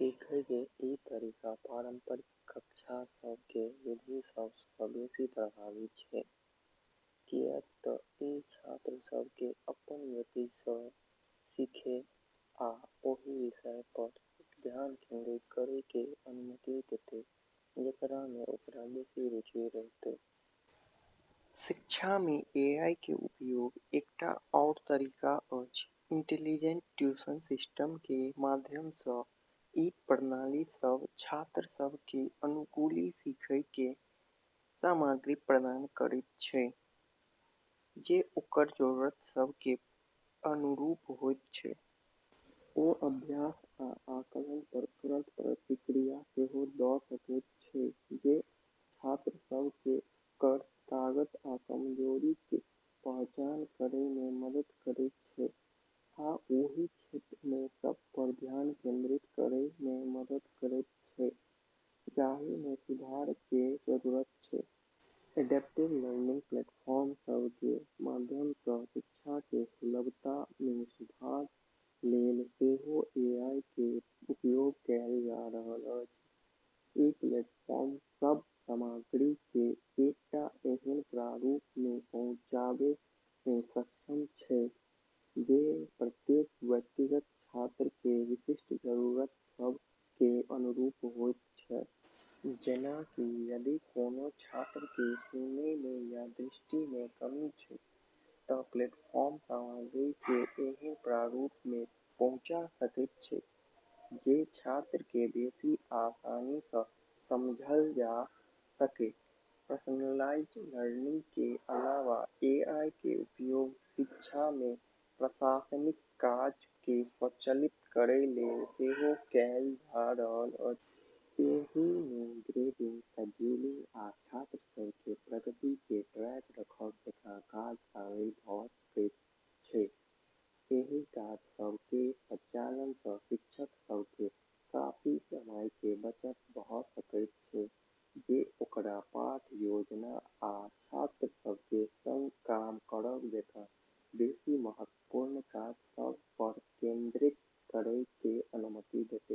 सीखै केर ई तरीका पारंपरिक कक्षा सभ केर विधि सभ सँ बेसी प्रभावी छै, किऐक त ई छात्र सभ केँ अपन गति सँ सीखै आ ओहि विषय सभ पर ध्यान केंद्रित करै केर अनुमति देतै जेकरा मे ओकरा बेसी रुचि रहतै। शिक्षा मे एआई केर उपयोग एकटा आओर तरीका अछि इंटेलिजेंट ट्यूशन सिस्टम केर माध्यम सँ। ई प्रणाली सभ छात्र सभ केँ अनुकूली सीखै केर सामग्री प्रदान करैत छै जे ओकर जरूरत सभ केर अनुरूप होइत छै। ओ अभ्यास आ आकलन पर तुरंत प्रतिक्रिया सेहो दऽ सकैत छै, जे छात्र सभ केँ ओकर ताकत आ कमजोरी केर पहचान करै मे मदद करैत छै आ ओहि क्षेत्र सभ पर ध्यान केंद्रित करै मे मदद करैत छै जाहि मे सुधार केर जरूरत छै। एडैप्टिव लर्निंग प्लेटफॉर्म सभ केर माध्यम सँ शिक्षा केर सुलभता मे सुधार लेल सेहो एआई केर उपयोग कएल जा रहल अछि। ई प्लेटफॉर्म सभ सामग्री केँ एकटा एहन प्रारूप मे पहुँचाबै मे सक्षम छै जे प्रत्येक व्यक्तिगत छात्र केर विशिष्ट जरूरत सभ केर अनुरूप होइत छै। जेना कि यदि कोनो छात्र केँ सुनै मे या दृष्टि मे कमी छै, त प्लेटफॉर्म सामग्री केँ एहन प्रारूप मे पहुँचा सकैत छै जे छात्र केँ बेसी आसानी सँ समझल जा सकै। पर्सनलाइज्ड लर्निंग केर अलावा एआई केर उपयोग शिक्षा मे प्रशासनिक काज केँ स्वचालित करै लेल सेहो कएल जा रहल अछि। एहि मे ग्रेडिंग, शेड्यूलिंग, आ छात्र सभ केर प्रगति केँ ट्रैक रखब जकाँ काज शामिल भऽ सकैत छै। एहि काज सभ केर स्वचालन सँ शिक्षक सभ केर काफी समय केर बचत भऽ सकैत छै, जे ओकरा पाठ योजना आ छात्र सभ केर संग काम करब जकाँ बेसी महत्वपूर्ण काज सभ पर ध्यान केंद्रित करै केर अनुमति देतै।